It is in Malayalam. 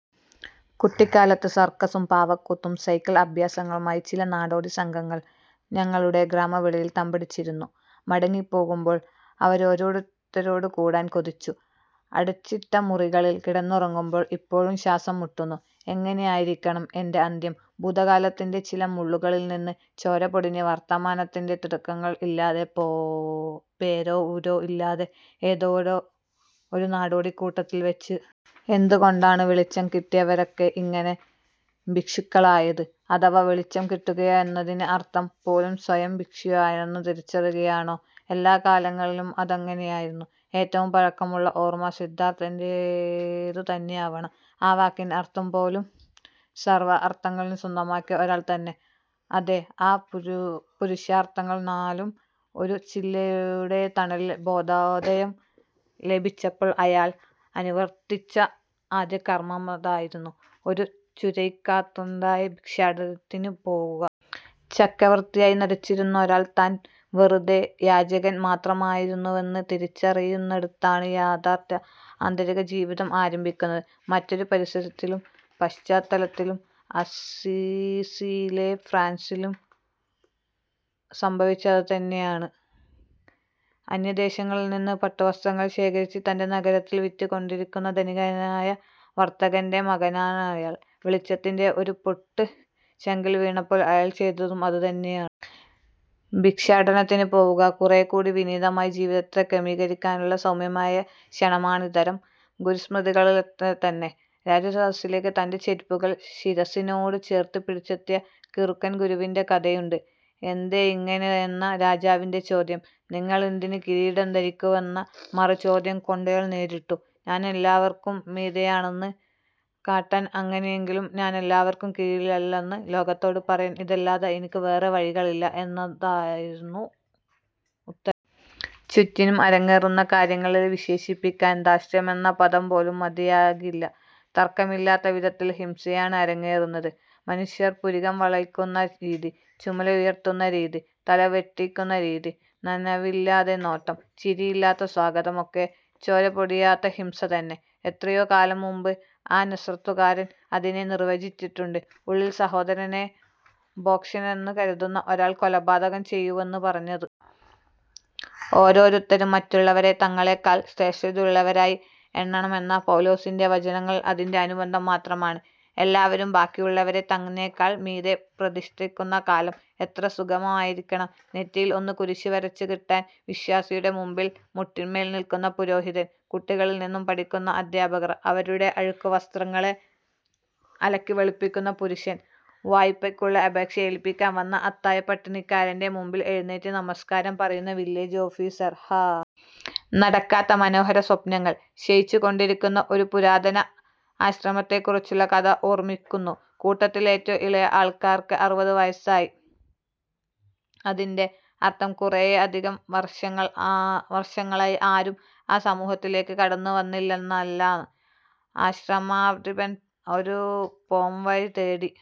കുട്ടിക്കാലത്ത് സർക്കസും പാവക്കൂത്തും സൈക്കിൾ അഭ്യാസങ്ങളുമായി ചില നാടോടിസംഘങ്ങൾ ഞങ്ങളുടെ ഗ്രാമവെളിയിൽ തമ്പടിച്ചിരുന്നു. മടങ്ങിപ്പോകുമ്പോൾ അവരോടൊത്തുകൂടാൻ കൊതിച്ചു. അടച്ചിട്ടമുറികളിൽ കിടന്നുറങ്ങുമ്പോൾ ഇപ്പോഴും ശ്വാസംമുട്ടുന്നു. എങ്ങനെയായിരിക്കണം എന്റെ അന്ത്യം. ഭൂതകാലത്തിന്റെ ചില മുള്ളുകളിൽനിന്ന് ചോരപൊടിഞ്ഞ് വർത്തമാനത്തിന്റെ തിടുക്കങ്ങൾ ഇല്ലാതെ പേരോ ഊരോ ഇല്ലാത്ത ഏതോ ഒരു നാടോടിക്കൂട്ടത്തിൽവെച്ച്. എന്തുകൊണ്ടാണ് വെളിച്ചം കിട്ടിയവരൊക്കെ ഇങ്ങനെ ഭിക്ഷുക്കളായത്. അഥവാ വെളിച്ചം കിട്ടുകയെന്നതിന്റെ അർഥം പോലും സ്വയംഭിക്ഷുവാണെന്ന് തിരിച്ചറിയുകയാണോ. എല്ലാകാലങ്ങളിലും അതങ്ങനെയായിരുന്നു. ഏറ്റവും പഴക്കമുള്ള ഓർമ, സിദ്ധാർഥന്റേതു തന്നെയാകണം. ആ വാക്കിന്റെ അർഥംപോലും സർവ അർഥങ്ങളും സ്വന്തമാക്കിയ ഒരാൾ എന്നുതന്നെ. അതെ, ആ പുരുഷാർഥങ്ങൾ നാലും. ഒരു ചില്ലയുടെ തണലിൽ ബോധോദയം ലഭിച്ചപ്പോൾ അയാൾ അനുവർത്തിച്ച ആദ്യകർമമതായിരുന്നു, ഒരു ചുരയ്ക്കാത്തൊണ്ടുമായി ഭിക്ഷാടനത്തിനു പോകുക. ചക്രവർത്തിയായി നടിച്ചിരുന്നയൊരാൾ താൻ വെറുതെ യാചകൻ മാത്രമായിരുന്നുവെന്ന് തിരിച്ചറിയുന്നിടത്താണ് യഥാർഥമായ ആന്തരികജീവിതം ആരംഭിക്കുന്നത്. മറ്റൊരു പരിസരത്തിലും പശ്ചാത്തലത്തിലും അസ്സീസിയിലെ ഫ്രാൻസിസിലും സംഭവിച്ചത് അതുതന്നെയാണ്. അന്യദേശങ്ങളിൽനിന്ന് പട്ടുവസ്ത്രങ്ങൾ ശേഖരിച്ച് തന്റെ നഗരത്തിൽ വിറ്റുകൊണ്ടിരുന്ന ധനികനായ വർത്തകന്റെ മകനാണയാൾ. വെളിച്ചത്തിന്റെ ഒരു പൊട്ട് ചങ്കിൽ വീണപ്പോൾ അയാൾ ചെയ്തതും അതുതന്നെയാണ്. ഭിക്ഷാടനത്തിനു പോവുക. കുറെക്കൂടി വിനീതമായി ജീവിതത്തെ ക്രമീകരിക്കാനുള്ള സൗമ്യമായ ക്ഷണമാണിത്തരം ഗുരുസ്മൃതികളൊക്കെത്തന്നെ. രാജസദസ്സിലേക്ക് തന്റെ ചെരുപ്പുകൾ ശിരസ്സിനോട് ചേർത്തുപിടിച്ചെത്തിയ കിറുക്കൻഗുരുവിന്റെ കഥയുണ്ട്. എന്തേയിങ്ങനെയെന്ന രാജാവിന്റെ ചോദ്യം നിങ്ങളെന്തിന് കിരീടം ധരിക്കുന്നുവെന്ന മറുചോദ്യംകൊണ്ടയാൾ നേരിട്ടു;'ഞാനെല്ലാവർക്കും മീതെയാണെന്ന് കാട്ടാൻ. ''അങ്ങനെയെങ്കിൽ ഞാനെല്ലാവർക്കും കീഴെയാണെന്ന് ലോകത്തോടു പറയാൻ ഇതല്ലാതെ എനിക്ക് വേറെ വഴികളില്ല'എന്നയാളുടെ ഉത്തരം. ചുറ്റിനും അരങ്ങേറുന്ന കാര്യങ്ങളെ വിശേഷിപ്പിക്കാൻ ധാർഷ്ട്യമെന്ന പദം പോലും മതിയാകില്ല. തർക്കമില്ലാത്ത വിധത്തിൽ ഹിംസയാണ് അരങ്ങേറുന്നത്. മനുഷ്യർ പുരികംവളയ്ക്കുന്ന രീതി, ചുമല് ഉയർത്തുന്ന രീതി, തല വെട്ടിക്കുന്ന രീതി, നനവില്ലാത്ത നോട്ടം, ചിരിയില്ലാത്ത സ്വാഗതം ഒക്കെ ചോരപൊടിയാത്ത ഹിംസതന്നെ. എത്രയോ കാലംമുൻപ് ആ നസ്രത്തുകാരൻ അതിനെ നിർവചിച്ചിട്ടുണ്ട്:ഉള്ളിൽ സഹോദരനെ ഭോഷനെന്നുകരുതുന്ന ഒരാൾ കൊലപാതകം ചെയ്യുന്നുവെന്ന് പറഞ്ഞ്. ഓരോരുത്തരും മറ്റുള്ളവരെ തങ്ങളെക്കാൾ ശ്രേഷ്ഠതയുള്ളവരായി എണ്ണണമെന്ന പൗലോസിന്റെ വചനങ്ങൾ അതിന്റെ അനുബന്ധം മാത്രമാണ്. എല്ലാവരും ബാക്കിയുള്ളവരെ തങ്ങളെക്കാൾ മീതെ പ്രതിഷ്ഠിക്കുന്നകാലം എത്ര സുഭഗമായിരിക്കും. നെറ്റിയിൽ ഒന്ന് കുരിശു വരച്ചുകിട്ടാൻ വിശ്വാസിയുടെമുൻപിൽ മുട്ടിൻമേൽനില്ക്കുന്ന പുരോഹിതൻ, കുട്ടികളിൽനിന്നു പഠിക്കുന്ന അധ്യാപകർ, അവളുടെ അഴുക്കുവസ്ത്രങ്ങളെ അലക്കിവെളുപ്പിക്കുന്ന പുരുഷൻ, വായ്പയ്ക്കുള്ള അപേക്ഷ ഏല്പിക്കാൻ വന്ന അത്താഴപ്പട്ടിണിക്കാരന്റെ മുൻപിൽ എഴുന്നേറ്റ് നമസ്കാരം പറയുന്ന വില്ലേജ് ഓഫീസര് ഹാ. നടക്കാത്ത മനോഹരസ്വപ്നങ്ങൾ. ക്ഷയിച്ചു കൊണ്ടിരുന്ന ഒരു പുരാതന ആശ്രമത്തെക്കുറിച്ചുള്ള കഥ ഓർമിക്കുന്നു. കൂട്ടത്തിൽ ഏറ്റവും ഇളയ ആൾക്ക് അറുപതുവയസ്സായി. അതിന്റെ അർഥം കുറേയധികം വർഷങ്ങളായി ആരും ആ സമൂഹത്തിലേക്ക് കടന്നുവന്നിട്ടില്ലെന്നാണ്. ആശ്രമാധിപൻ ഒരു പോംവഴി തേടി